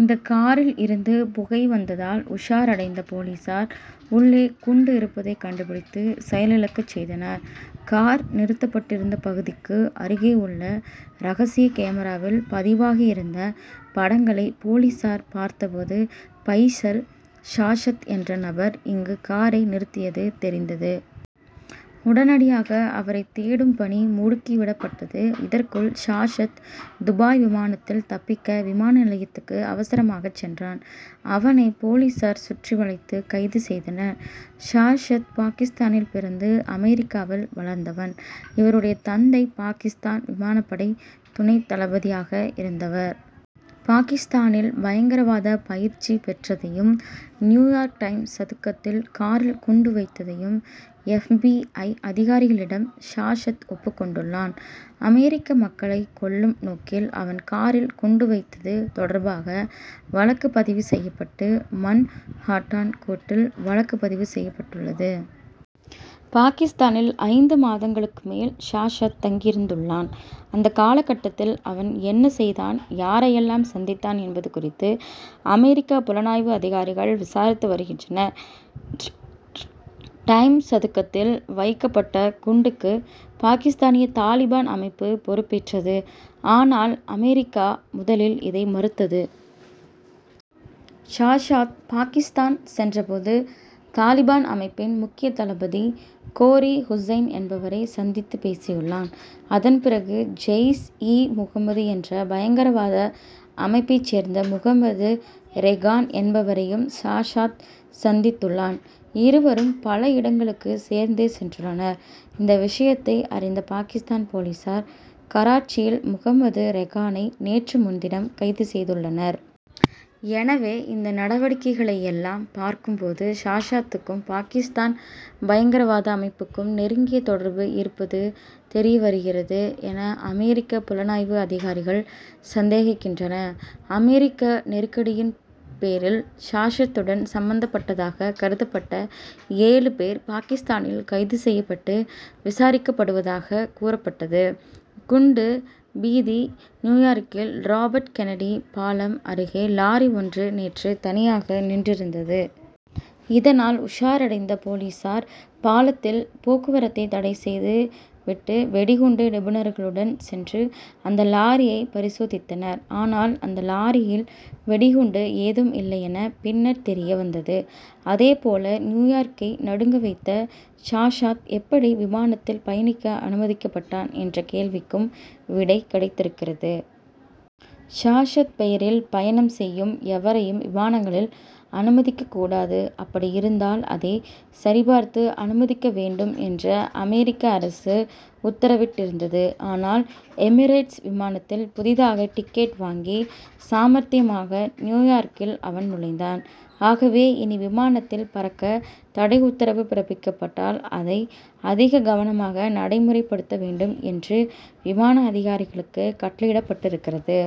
இந்த காரில் இருந்து புகை வந்ததால் உஷாரடைந்த போலீசார் உள்ளே குண்டு இருப்பதை கண்டுபிடித்து செயலிழக்கச் செய்தனர். கார் நிறுத்தப்பட்டிருந்த பகுதிக்கு அருகே உள்ள ரகசிய கேமராவில் பதிவாகியிருந்த படங்களை போலீசார் பார்த்த போது பைசல் ஷாஷத் என்ற நபர் இங்கு காரை நிறுத்தியது தெரிந்தது. உடனடியாக அவரை தேடும் பணி முடுக்கி விடப்பட்டது. இதற்குள் ஷாசத் துபாய் விமானத்தில் தப்பிக்க விமான நிலையத்துக்கு அவசரமாகச் சென்றான். அவனை போலீசார் சுற்றி வளைத்து கைது செய்தனர். ஷாசத் பாகிஸ்தானில் பிறந்து அமெரிக்காவில் வளர்ந்தவன். இவருடைய தந்தை பாகிஸ்தான் விமானப்படை துணைத் தளபதியாக இருந்தவர். பாகிஸ்தானில் பயங்கரவாத பயிற்சி பெற்றதையும் நியூயார்க் டைம்ஸ் சதுக்கத்தில் காரில் குண்டு வைத்ததையும் எப். பி. ஐ. அதிகாரிகளிடம் ஷாசத் ஒப்புக் கொண்டுள்ளான். அமெரிக்க மக்களை கொல்லும் நோக்கில் அவன் காரில் குண்டு வைத்தது தொடர்பாக வழக்கு பதிவு செய்யப்பட்டு மன் ஹாட்டன் கோர்ட்டில் வழக்கு பதிவு செய்யப்பட்டுள்ளது. பாகிஸ்தானில் ஐந்து மாதங்களுக்கு மேல் ஷாசத் தங்கியிருந்துள்ளான். அந்த காலகட்டத்தில் அவன் என்ன செய்தான் யாரையெல்லாம் சந்தித்தான் என்பது குறித்து அமெரிக்க புலனாய்வு அதிகாரிகள் விசாரித்து வருகின்றனர். டைம் சதுக்கத்தில் வைக்கப்பட்ட குண்டுக்கு பாகிஸ்தானிய தாலிபான் அமைப்பு பொறுப்பேற்றது. ஆனால் அமெரிக்கா முதலில் இதை மறுத்தது. ஷசாத் பாகிஸ்தான் சென்ற போது தலிபான் அமைப்பின் முக்கிய தளபதி கோரி ஹூசைன் என்பவரை சந்தித்துப் பேசியுள்ளான். அதன் பிறகு ஜெய்ஷ் இ முகமது என்ற பயங்கரவாத அமைப்பைச் சேர்ந்த முகமது ரெகான் என்பவரையும் ஷசாத் சந்தித்துள்ளான். இருவரும் பல இடங்களுக்கு சேர்ந்தே சென்றுள்ளனர். இந்த விஷயத்தை அறிந்த பாகிஸ்தான் போலீசார் கராச்சியில் முகமது ரெகானை நேற்று முன்தினம் கைது செய்துள்ளனர். எனவே இந்த நடவடிக்கைகளையெல்லாம் பார்க்கும் போது ஷசாத்துக்கும் பாகிஸ்தான் பயங்கரவாத அமைப்புக்கும் நெருங்கிய தொடர்பு இருப்பது தெரிய வருகிறது என அமெரிக்க புலனாய்வு அதிகாரிகள் சந்தேகிக்கின்றனர். அமெரிக்க நெருக்கடியின் பேரில் ஷாசத்துடன் சம்பந்தப்பட்டதாகக் கருதப்பட்ட ஏழு பேர் பாகிஸ்தானில் கைது செய்யப்பட்டு விசாரிக்கப்படுவதாகக் கூறப்பட்டது. குண்டு பீதி நியூயார்க்கில் ராபர்ட் கென்னடி பாலம் அருகே லாரி ஒன்று நேற்று தனியாக நின்றிருந்தது. இதனால் உஷாரடைந்த போலீசார் பாலத்தில் போக்குவரத்தை தடை செய்து விட்டு வெடிகுண்டு நிபுணர்களுடன் சென்று அந்த லாரியை பரிசோதித்தனர். ஆனால் அந்த லாரியில் வெடிகுண்டு ஏதும் இல்லையென பின்னர் தெரிய வந்தது. அதேபோல நியூயார்க்கை நடுங்க வைத்த ஷசாத் எப்படி விமானத்தில் பயணிக்க அனுமதிக்கப்பட்டான் என்ற கேள்விக்கும் விடை கிடைத்திருக்கிறது. ஷாசத் பெயரில் பயணம் செய்யும் எவரையும் விமானங்களில் அனுமதிக்கக்கூடாது அப்படியிருந்தால் அதை சரி பார்த்து அனுமதிக்க வேண்டும் என்று அமெரிக்க அரசு உத்தரவிட்டிருந்தது. ஆனால் எமிரேட்ஸ் விமானத்தில் புதிதாக டிக்கெட் வாங்கி சாமர்த்தியமாக நியூயார்க்கில் அவன் நுழைந்தான். ஆகவே இனி விமானத்தில் பறக்க தடை உத்தரவு பிறப்பிக்கப்பட்டால் அதை அதிக கவனமாக நடைமுறைப்படுத்த வேண்டும் என்று விமான அதிகாரிகளுக்கு கட்டளையிடப்பட்டிருக்கிறது.